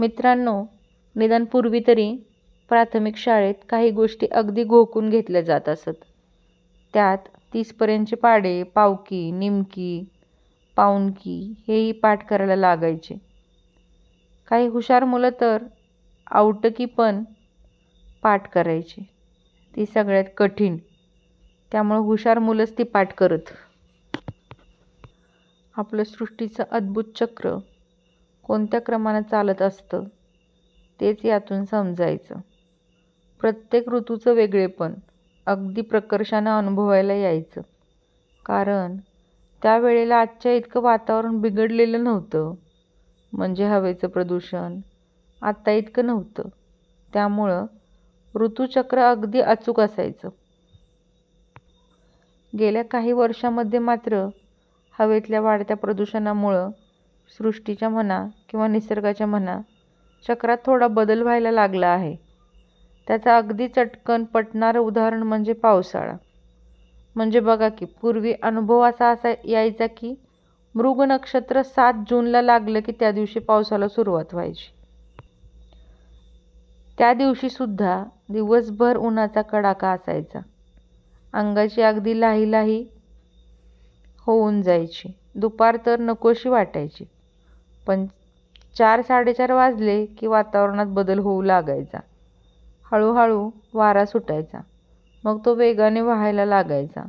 मित्रांनो, निदान पूर्वीतरी प्राथमिक शाळेत काही गोष्टी अगदी घोकून घेतल्या जात असत. त्यात तीसपर्यंतचे पाढे, पावकी, निमकी, पाऊणकी हेही पाठ करायला लागायचे. काही हुशार मुलं तर औटकीपण पाठ करायचे. ती सगळ्यात कठीण, त्यामुळं हुशार मुलंच ती पाठ करत. आपलं सृष्टीचं अद्भुत चक्र कोणत्या क्रमानं चालत असतं, तेच यातून समजायचं. प्रत्येक ऋतूचं वेगळेपण अगदी प्रकर्षानं अनुभवायला यायचं; कारण त्यावेळेला आजच्या इतकं वातावरण बिघडलेलं नव्हतं. म्हणजे हवेचं प्रदूषण आता इतकं नव्हतं. त्यामुळं ऋतुचक्र अगदी अचूकपणं यायचं. गेल्या काही वर्षांमध्ये मात्र हवेतल्या वाढत्या प्रदूषणामुळं सृष्टीच्या म्हणा किंवा निसर्गाच्या म्हणा, चक्रात थोडा बदल व्हायला लागला आहे. त्याचं अगदी चटकन पटणारं उदाहरण म्हणजे पावसाळा! म्हणजे बघा की पूर्वी अनुभव असा यायचा की मृग नक्षत्र सात जूनला लागलं की त्या दिवशी पावसाला सुरुवात व्हायची. त्या दिवशीसुद्धा दिवसभर उन्हाचा कडाका असायचा. अंगाची अगदी लाही लाही होऊन जायची. दुपार तर नकोशी वाटायची. पण चार-साडेचार वाजले की वातावरणात बदल होऊ लागायचा. हळूहळू वारा सुटायचा. मग तो वेगानं वहायला लागायचा.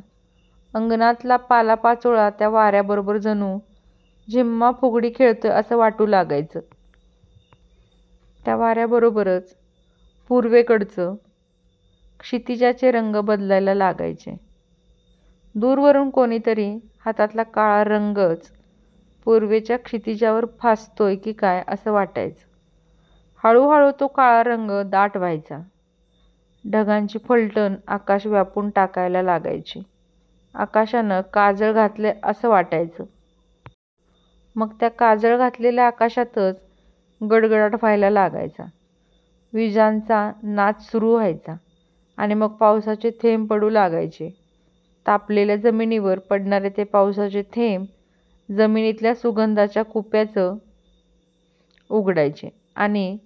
अंगणातला पालापाचोळा त्या वाऱ्याबरोबर जणू झिम्मा-फुगडी खेळतोय असं वाटू लागायचं. त्या वाऱ्याबरोबरच पूर्वेकडचं क्षितिजाचे रंग बदलायला लागायचे. दूरवरून कोणीतरी हातातला काळा रंगच पूर्वेच्या क्षितिजावर फासतोय की काय असं वाटायचं. हळूहळू तो काळा रंग दाट व्हायचा. ढगांची फलटण आकाश व्यापून टाकायला लागायची. आकाशानं काजळ घातलंय असंच वाटायचं. मग त्या काजळ घातलेल्या आकाशातच गडगडाट व्हायला लागायचा. विजांचा नाच सुरू व्हायचा आणि मग पावसाचे थेंब पडू लागायचे. तापलेल्या जमिनीवर पडणारे ते पावसाचे थेंब जमिनीतल्या सुगंधाच्या कुप्याच उघडायचे आणि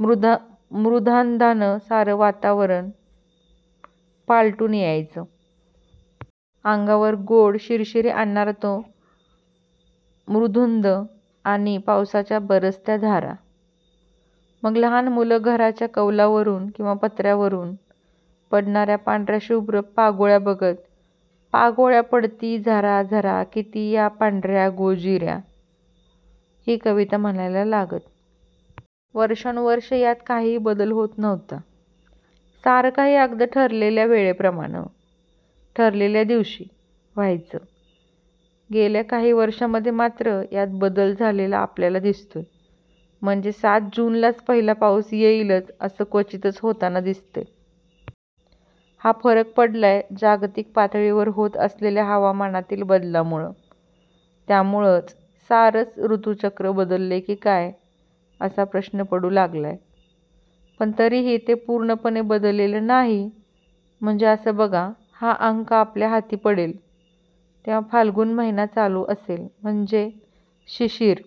मृद्गंधानं सारं वातावरण पालटून जायचं... अंगावर गोड शिरशिरी आणणारा तो मृद्गंध आणि पावसाच्या बरसत्या धारा... मग लहान मुलं घराच्या कौलांवरून किंवा पत्र्यावरून पडणाऱ्या पांढऱ्या शुभ्र पागोळ्या बघत 'पागोळ्या पडती झराझर किती या पांढऱ्या गोजिऱ्या...' ही कविता म्हणायला लागत. वर्षानुवर्षं यात काहीही बदल होत नव्हता. सारं काही अगदी ठरलेल्या वेळेप्रमाणं, ठरलेल्या दिवशी, व्हायचं. गेल्या काही वर्षांमध्ये मात्र यात बदल झालेला आपल्याला दिसतोय. म्हणजे सात जूनलाच पहिला पाऊस येईलच, असं क्वचितच होताना दिसतंय. हा फरक पडलाय जागतिक पातळीवर होत असलेल्या हवामानातील बदलामुळं! त्यामुळंच सारंच ऋतुचक्र बदलतंय की काय असा प्रश्न पडू लागलाय. पण तरीही ते पूर्णपणं बदललेलं नाही. म्हणजे असं बघा, हा अंक आपल्या हाती पडेल, तेव्हा फाल्गुन महिना चालू असेल. म्हणजेच शिशिर